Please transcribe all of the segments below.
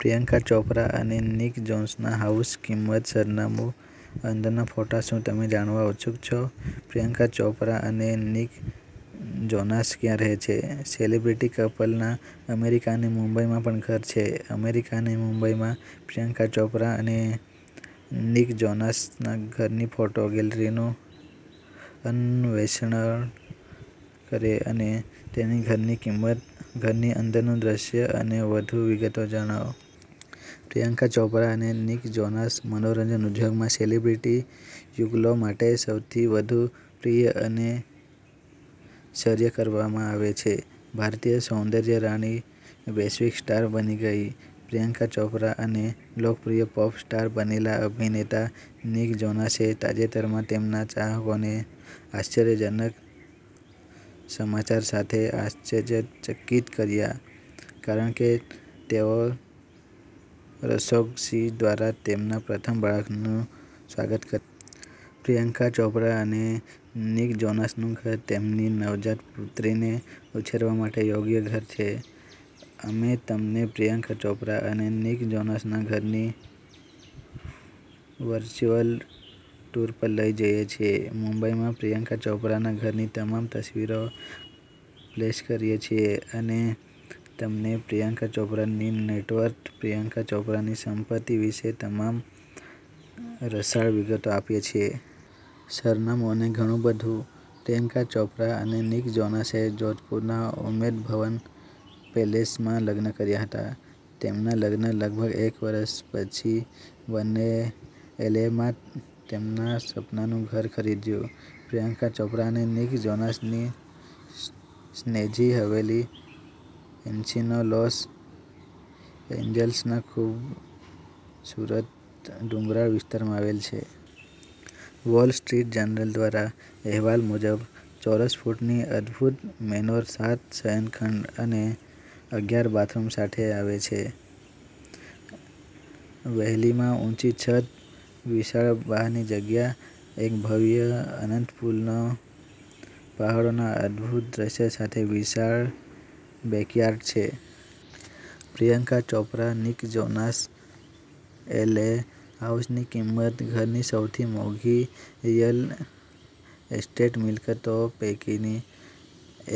પ્રિયંકા ચોપરા અને Nick Jonas house કિંમત, સરનામું, અંદરના ફોટા શું તમે જાણવા ઉત્સુક છો કે પ્રિયંકા ચોપરા અને નિક જોનાસ ક્યાં રહે છે? સેલિબ્રિટી કપલના અમેરિકા અને મુંબઈમાં પણ ઘર છે. અમેરિકા અને મુંબઈમાં પ્રિયંકા ચોપરા અને નિક જોનાસના ઘરની ફોટો ગેલેરીનું અન્વેષણ કરે અને તેમના ઘરની કિંમત, ઘરની અંદરનું દૃશ્ય અને વધુની વિગતો જાણો. પ્રિયંકા ચોપરા અને નિક જોનાસ મનોરંજન ઉદ્યોગમાં સેલિબ્રિટી યુગલો માટે સૌથી વધુ પ્રિય અને સર્ચ કરવામાં આવે છે. ભારતીય સૌંદર્ય રાણી વૈશ્વિક સ્ટાર બની ગઈ પ્રિયંકા ચોપરા અને લોકપ્રિય પોપ સ્ટાર બનેલા અભિનેતા નિક જોનાસે તાજેતરમાં તેમના ચાહકોને આશ્ચર્યજનક સમાચાર સાથે આશ્ચર્યચકિત કર્યા કારણ કે તેઓ રસોગસી દ્વારા તેમના પ્રથમ બાળકનું સ્વાગત કર્યું. પ્રિયંકા ચોપરા અને નિક જોનાસનું ઘર તેમની નવજાત પુત્રીને ઉછેરવા માટે યોગ્ય ઘર છે. અમે તમને પ્રિયંકા ચોપરા અને નિક જોનાસના ઘરની વર્ચ્યુઅલ ટૂર પર લઈ જઈએ છીએ, મુંબઈમાં પ્રિયંકા ચોપરાના ઘરની તમામ તસવીરો સ્પ્લેશ કરીએ છીએ અને તમને પ્રિયંકા ચોપરાની નેટવર્થ, પ્રિયંકા ચોપરાની સંપત્તિ વિશેની તમામ રસાળ વિગતો આપીએ છીએ. સરનામું અને ઘણું બધું. પ્રિયંકા ચોપરા અને નિક જોનાસે જોધપુરના ઉમેદ ભવન પેલેસમાં લગ્ન કર્યા હતા. તેમના લગ્નના લગભગ એક વર્ષ પછી બંનેએ એલએમાં તેમના સપનાનું ઘર ખરીદ્યું. પ્રિયંકા ચોપરા અને નિક જોનાસની સ્નેઝી હવેલી એન્સિનો લોસ એન્જલસના ખૂબસૂરત ડુંગરાળ વિસ્તારમાં આવેલી છે. વોલ સ્ટ્રીટ જર્નલ દ્વારા અહેવાલ મુજબ, ચોરસ ફૂટની અદભૂત મેનોર સાત શયનખંડ અને અગિયાર બાથરૂમ સાથે આવે છે. હવેલીમાં ઊંચી છત, વિશાળ બહારની જગ્યા, એક ભવ્ય અનંત પૂલ અને પહાડોના અદભૂત દૃશ્ય સાથે વિશાળ બેકયાર્ડ છે. Priyanka Chopra Nick Jonas L હાઉસની કિંમત ઘરની સૌથી મોંઘી રિયલ એસ્ટેટ મિલકતો પૈકીની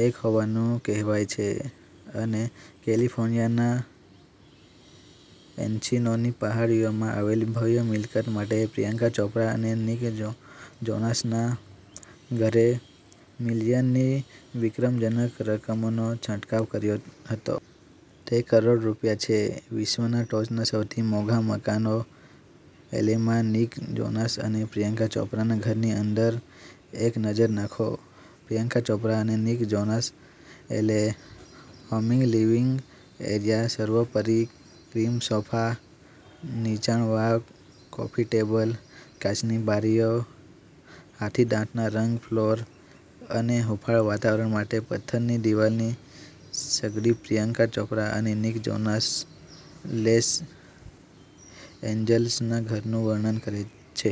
એક હોવાનું કહેવાય છે અને કેલિફોર્નિયાના એન્સિનોની પહાડીઓમાં આવેલી ભવ્ય મિલકત માટે પ્રિયંકા ચોપરા અને નિક જોનાસના ઘરે મિલિયનની વિક્રમજનક રકમનો છંટકાવ કર્યો હતો. તે કરોડ રૂપિયા છે. વિશ્વના ટોચના સૌથી મોંઘા મકાનો એલએમાં નિક જોનાસ અને પ્રિયંકા ચોપરાના ઘરની અંદર એક નજર નાખો. પ્રિયંકા ચોપરા અને Nick Jonas LA home living area સર્વોપરી ક્રીમ સોફા, નીચાણ વાળા કોફી ટેબલ, કાચની બારીઓ, હાથીદાંતના રંગના ફ્લોર અને હૂંફાળું વાતાવરણ માટે પથ્થરની દીવાલની સગડી પ્રિયંકા ચોપરા અને નિક જોનાસના લેસ એન્જલસના ઘરનું વર્ણન કરે છે.